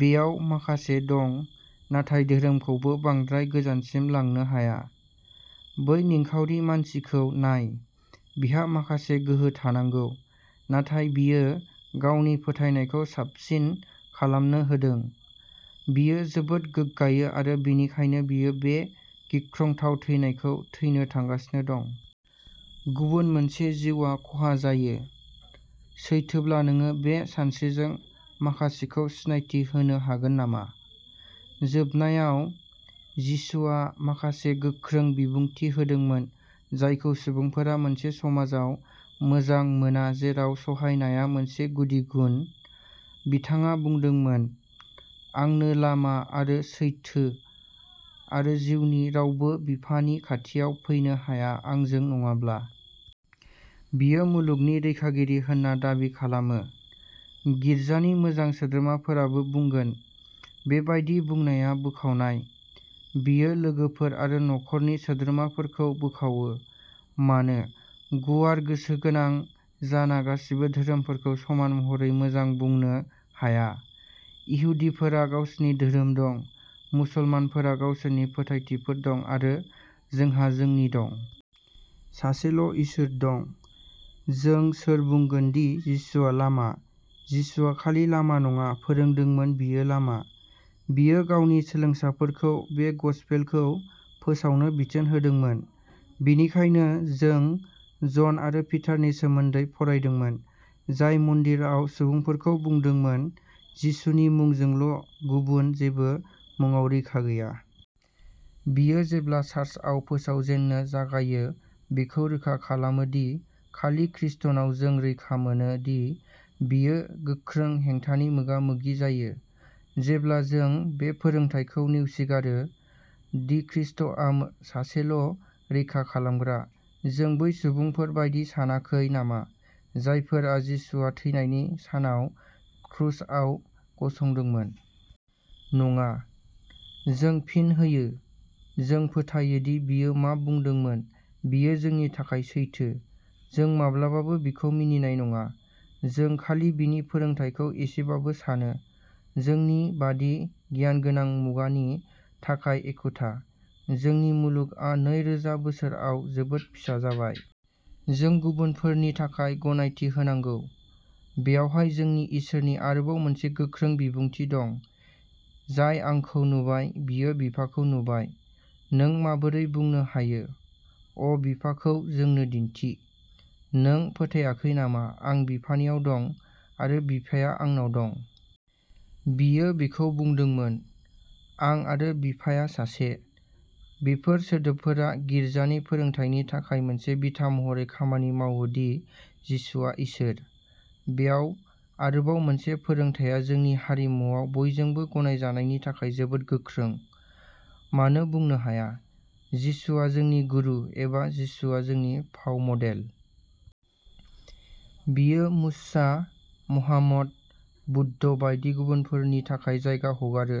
बेयाव माखासे दं नाथाय धोरोमखौबो बांद्राय गोजानसिम लांनो हाया। बै निखावरि मानसिखौ नाय। बिहा माखासे गोहो थानांगौ, नाथाय बियो गावनि फोथायनायखौ साबसिन खालामनो होदों। बियो जोबोद गोग्गायो आरो बेनिखायनो बियो बे गिख्रंथाव थैनायखौ थैनो थांगासिनो दं। गुबुन मोनसे जिउआ खहा जायो। सैथोब्ला नोङो बे सानस्रिजों माखासेखौ सिनायथि होनो हागोन नामा? जोबनायाव, जिसुआ माखासे गोख्रों बिबुंथि होदोंमोन जायखौ सुबुंफोरा मोनसे समाजाव मोजां मोना जेराव सहायनाया मोनसे गुदि गुन। बिथाङा बुंदोंमोन, "आंनो लामा आरो सैथो आरो जिउ रावबो बिफानि खाथियाव फैनो हाया आंजों नङाब्ला।" बियो मुलुगनि रैखागिरि होनना दाबि खालामो। गिरजानि मोजां सोद्रोमाफोराबो बुंगोन, बेबादि बुंनाया बोखावनाय। बेयो लोगोफोर आरो नखरनि सोद्रोमाफोरखौ बोखावो। मानो गुवार गोसो गोनां जाना गासिबो धोरोमफोरखौ समान महरै मोजां बुंनो हाया? इहुदिफोरहा गावसोरनि धोरोम दं, मुसलमानफोरा गावसोरनि फोथायथिफोर दं, आरो जोंहा जोंनि दं। सासेल' इसोर दं। जों सोर बुंगोन दि जिसुआ लामा? जिसुआ खालि लामा नङा फोरोंदोंमोन बियो लामा। बियो गावनि सोलोंसाफोरखौ बे गसपेलखौ फोसावनो बिथोन होदोंमोन। बेनिखायनो जों जन आरो पिटारनि सोमोन्दै फरायदोंमोन, जाय मन्दिराव सुबुंफोरखौ बुंदोंमोन, "जिसुनि मुंजोंल' गुबुन जेबो मुङाव रैखा गैया"। बेयो जेब्ला चार्चआ फोसावजेननो जागायो बेखौ रोखा खालामो दि खालि ख्रिस्ट’नाव जों रैखा मोनो दि बेयो गोख्रों हेंथानि मोगा-मोगि जायो। जेब्ला जों बे फोरोंथायखौ नेवसिगारो, दि ख्रिस्ट’आ सासेल' रैखा खालामग्रा, जों बै सुबुंफोर बायदि सानाखै नामा जायफोरा जिसुआ थैनायनि सानाव क्रुसआव गसंदोंमोन? नङा, जों फिन होयो, जों फोथायो दि बियो मा बुंदोंमोन बेयो जोंनि थाखाय सैथो। जों माब्लाबाबो बिखौ मिनिनाय नङा। जों खालि बिनि फोरोंथायखौ एसेबाबो सानो। जोंनि बायदि गियानगोनां मुगानि थाखाय एखुथा। जोंनि मुलुगआ नै रोजा बोसोराव जोबोद फिसा जाबाय। जों गुबुनफोरनि थाखाय गनायथि होनांगौ। बेवहाय जोंनि इसोरनि आरोबाव मोनसे गोख्रों बिबुंथि दं, "जाय आंखौ नुबाय, बियो बिफाखौ नुबाय। नों माबोरै बुंनो हायो, अ बिफाखौ जोंनो दिन्थि? नों फोथायाखै नामा आं बिफानियाव दं, आरो बिफाया आंनाव दं? बियो बेखौबो बुंदोंमोन, "आं आरो बिफाया सासे।" बेफोर सोदोबफोरा गिरजानि फोरोंथायनि थाखाय मोनसे बिथा महरै खामानि मावो दि जिसुआ इसोर। बेयाव आरोबाव बे फोरोंथाया जोंनि हारिमुआव बयजोंबो गनायजानायनि थाखाय जोबोद गोख्रों। मानो बुंनो हाया, जिसुआ जोंनि गुरु एबा जिसुआ जोंनि फाव मडेल। बेयो मुसा, महम्मद, बुद्ध बायदि गुबुनफोरनि थाखाय जायगा हगारो।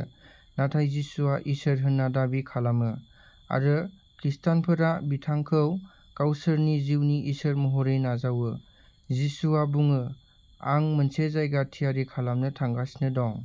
नाथाय जिसुआ इसोर होनना दाबि खालामो, आरो खिस्टानफोरा बिथांखौ गावसोरनि जिउनि इसोर महरै नाजावो। जिसुआ बुङो, "आं मोनसे जायगा थियारि खालामनो थांगासिनो दं।